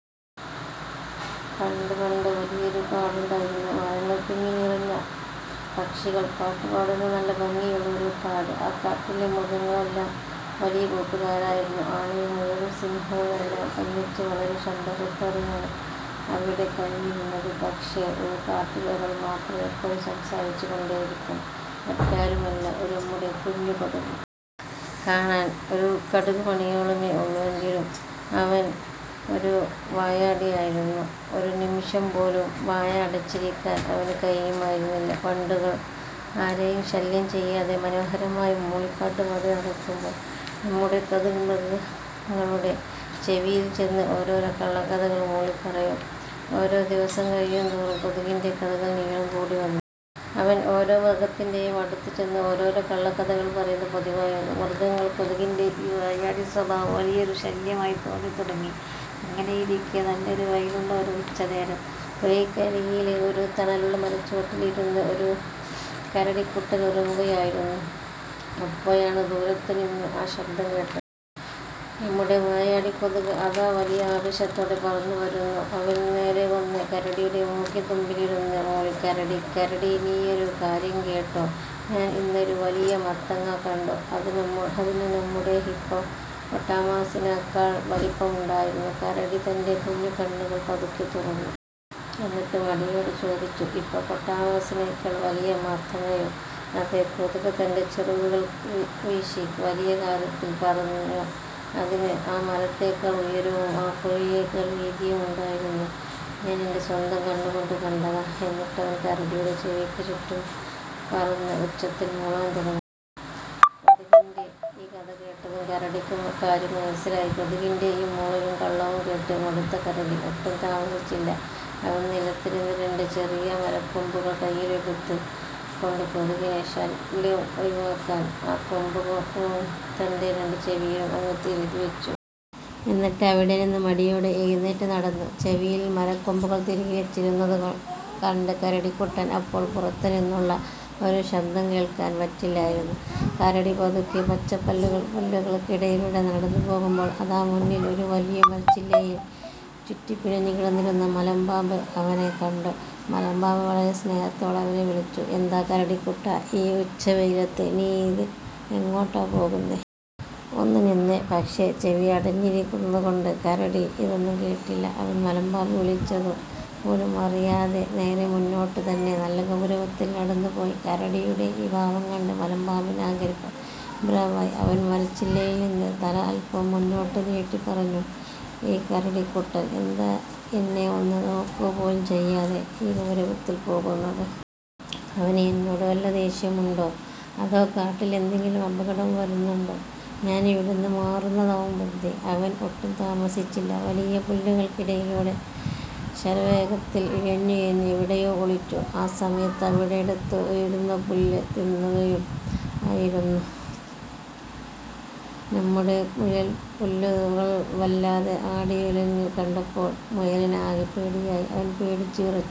പണ്ട് പണ്ട്, വലിയൊരു കാടുണ്ടായിരുന്നു. മരങ്ങൾ തിങ്ങിനിറഞ്ഞ, പക്ഷികൾ പാട്ടുപാടുന്ന, നല്ല ഭംഗിയുള്ള ഒരു കാട്. ആ കാട്ടിലെ മൃഗങ്ങളെല്ലാം വലിയ കൂട്ടുകാരായിരുന്നു. ആനയും മുയലും സിംഹവുമെല്ലാം ഒന്നിച്ച് വളരെ സന്തോഷത്തോടെയാണ് അവിടെ കഴിഞ്ഞിരുന്നത്. പക്ഷേ, ആ കാട്ടിൽ ഒരാൾ മാത്രം എപ്പോഴും സംസാരിച്ചുകൊണ്ടേയിരിക്കും. മറ്റാരുമല്ല, നമ്മുടെ കുഞ്ഞു കൊതുക്! കാണാൻ ഒരു കടുക് മണിയോളമേ ഉള്ളൂവെങ്കിലും അവൻ ഒരു വായാടിയായിരുന്നു. ഒരു നിമിഷം പോലും വായ അടച്ചിരിക്കാൻ അവന് കഴിയുമായിരുന്നില്ല. വണ്ടുകൾ ആരെയും ശല്യം ചെയ്യാതെ മനോഹരമായി മൂളിപ്പാട്ട് പാടി നടക്കുമ്പോൾ, നമ്മുടെ കൊതുക് മൃഗങ്ങളുടെ ചെവിയിൽ ചെന്ന് ഓരോരോ കള്ളക്കഥകൾ മൂളിപ്പറയും! ഓരോ ദിവസം കഴിയുന്തോറും കൊതുകിന്റെ കഥകൾക്ക് നീളം കൂടിവന്നു. അവൻ ഓരോ മൃഗത്തിന്റെയും അടുത്ത് ചെന്ന് ഓരോരോ കള്ളക്കഥകൾ പറയുക പതിവായി. മൃഗങ്ങൾക്ക് കൊതുകിന്റെ ഈ വായാടി സ്വഭാവം വലിയൊരു ശല്യമായി തോന്നിത്തുടങ്ങി. അങ്ങനെയിരിക്കെ നല്ല വെയിലുള്ള ഒരു ഉച്ചനേരം പുഴയ്ക്കരികിലെ ഒരു തണലുള്ള മരച്ചുവട്ടിൽ ഇരുന്ന് ഒരു കരടിക്കുട്ടൻ ഉറങ്ങുകയായിരുന്നു. അപ്പോഴാണ് ദൂരത്തു നിന്ന് ആ ശബ്ദം കേട്ടത്! നമ്മുടെ വായാടി കൊതുക് അതാ വലിയ ആവേശത്തോടെ പറന്നു വരുന്നു! അവൻ നേരെ വന്ന് കരടിയുടെ മൂക്കിൻതുമ്പിലിരുന്ന് മൂളി: "കരടീ, കരടീ… നീയൊരു കാര്യം കേട്ടോ? ഞാൻ ഇന്നൊരു വലിയ മത്തങ്ങ കണ്ടു! അതിന് നമ്മുടെ ഹിപ്പോപ്പൊട്ടാമസിനേക്കാൾ വലിപ്പമുണ്ടായിരുന്നു! " കരടി തന്റെ കുഞ്ഞു കണ്ണുകൾ പതുക്കെ തുറന്നു. എന്നിട്ട് മടിയോടെ ചോദിച്ചു: "ഹിപ്പോപ്പൊട്ടാമസിനേക്കാൾ വലിയ മത്തങ്ങയോ? " "അതെ! " കൊതുക് തന്റെ ചിറകുകൾ വീശി വലിയ കാര്യത്തിൽ പറഞ്ഞു. "അതിന് ആ മരത്തേക്കാൾ ഉയരവും ഈ പുഴയേക്കാൾ വീതിയുമുണ്ടായിരുന്നു! ഞാൻ എന്റെ സ്വന്തം കണ്ണുകൊണ്ട് കണ്ടതാ! " എന്നിട്ടവൻ കരടിയുടെ ചെവിക്ക് ചുറ്റും പറന്ന് ഉച്ചത്തിൽ മൂളാൻ തുടങ്ങി. കൊതുകിന്റെ ഈ കഥ കേട്ടതും കരടിക്ക് കാര്യം മനസ്സിലായി. കൊതുകിന്റെ ഈ മൂളലും കള്ളവും കേട്ട് മടുത്ത കരടി ഒട്ടും താമസിച്ചില്ല; അവൻ നിലത്തുനിന്നും രണ്ട് ചെറിയ മരക്കമ്പുകൾ കൈയിലെടുത്തു. എന്നിട്ട്, കൊതുകിന്റെ ശല്യം ഒഴിവാക്കാൻ ആ രണ്ട് കമ്പുകളും തന്റെ രണ്ട് ചെവിയിലും അങ്ങ് തിരുകി വെച്ചു! എന്നിട്ട് അവിടെനിന്ന് മടിയോടെ എഴുന്നേറ്റ് നടന്നുപോയി. ചെവിയിൽ മരക്കമ്പുകൾ തിരുകി വച്ചിരുന്നതു കൊണ്ട് കരടിക്കുട്ടന് അപ്പോൾ പുറത്തുനിന്നുള്ള ഒരു ശബ്ദവും കേൾക്കാൻ പറ്റില്ലായിരുന്നു. കരടി പതുക്കെ പച്ചപ്പുല്ലുകൾക്കിടയിലൂടെ നടന്നു പോകുമ്പോൾ, അതാ മുന്നിലെ ഒരു വലിയ മരച്ചില്ലയിൽ ചുറ്റിപ്പിണഞ്ഞു കിടന്നിരുന്ന മലമ്പാമ്പ് അവനെ കണ്ടു. മലമ്പാമ്പ് വളരെ സ്നേഹത്തോടെ അവനെ വിളിച്ചു: "എന്താ കരടിക്കുട്ടാ, ഈ ഉച്ചവെയിലത്ത് നീയിത് എങ്ങോട്ടാ പോകുന്നേ? ഒന്ന് നിന്നേ… " പക്ഷേ, ചെവി അടഞ്ഞിരുന്നതു കൊണ്ട് കരടി ഇതൊന്നും കേട്ടില്ല. അവൻ മലമ്പാമ്പ് വിളിച്ചതു പോലും അറിയാതെ, നേരെ മുന്നോട്ട് തന്നെ നല്ല ഗൗരവത്തിൽ നടന്നുപോയി. കരടിയുടെ ഈ ഭാവം കണ്ട് മലമ്പാമ്പിന് ആകെ പരിഭ്രമമായി! അവൻ മരച്ചില്ലയിൽ നിന്ന് തല അല്പം മുന്നോട്ട് നീട്ടി പറഞ്ഞു "ഈ കരടിക്കുട്ടൻ എന്താ എന്നെ ഒന്ന് നോക്കുക പോലും ചെയ്യാതെ ഇങ്ങനെ ഗൗരവത്തിൽ പോകുന്നത്? അവന് എന്നോട് വല്ല ദേഷ്യവുമുണ്ടോ? അതോ, കാട്ടിൽ എന്തെങ്കിലും അപകടവും വരുന്നുണ്ടോ? ഞാൻ ഇവിടുന്ന് മാറുന്നതാവും ബുദ്ധി! " അവൻ ഒട്ടും താമസിച്ചില്ല; വലിയ പുല്ലുകൾക്കിടയിലൂടെ ശരവേഗത്തിൽ ഇഴഞ്ഞുപോയി എവിടെയോ ഒളിച്ചു. ആ സമയത്ത് അവിടെയടുത്ത് ഇരുന്ന് പുല്ല് തിന്നുകയായിരുന്നു നമ്മുടെ മുയൽ. പുല്ലുകൾ വല്ലാതെ ആടിയുലയുന്നത് കണ്ടപ്പോൾ മുയലിന് ആകെ പേടിയായി! അവൻ പേടിച്ച് വിറച്ചു കൊണ്ട്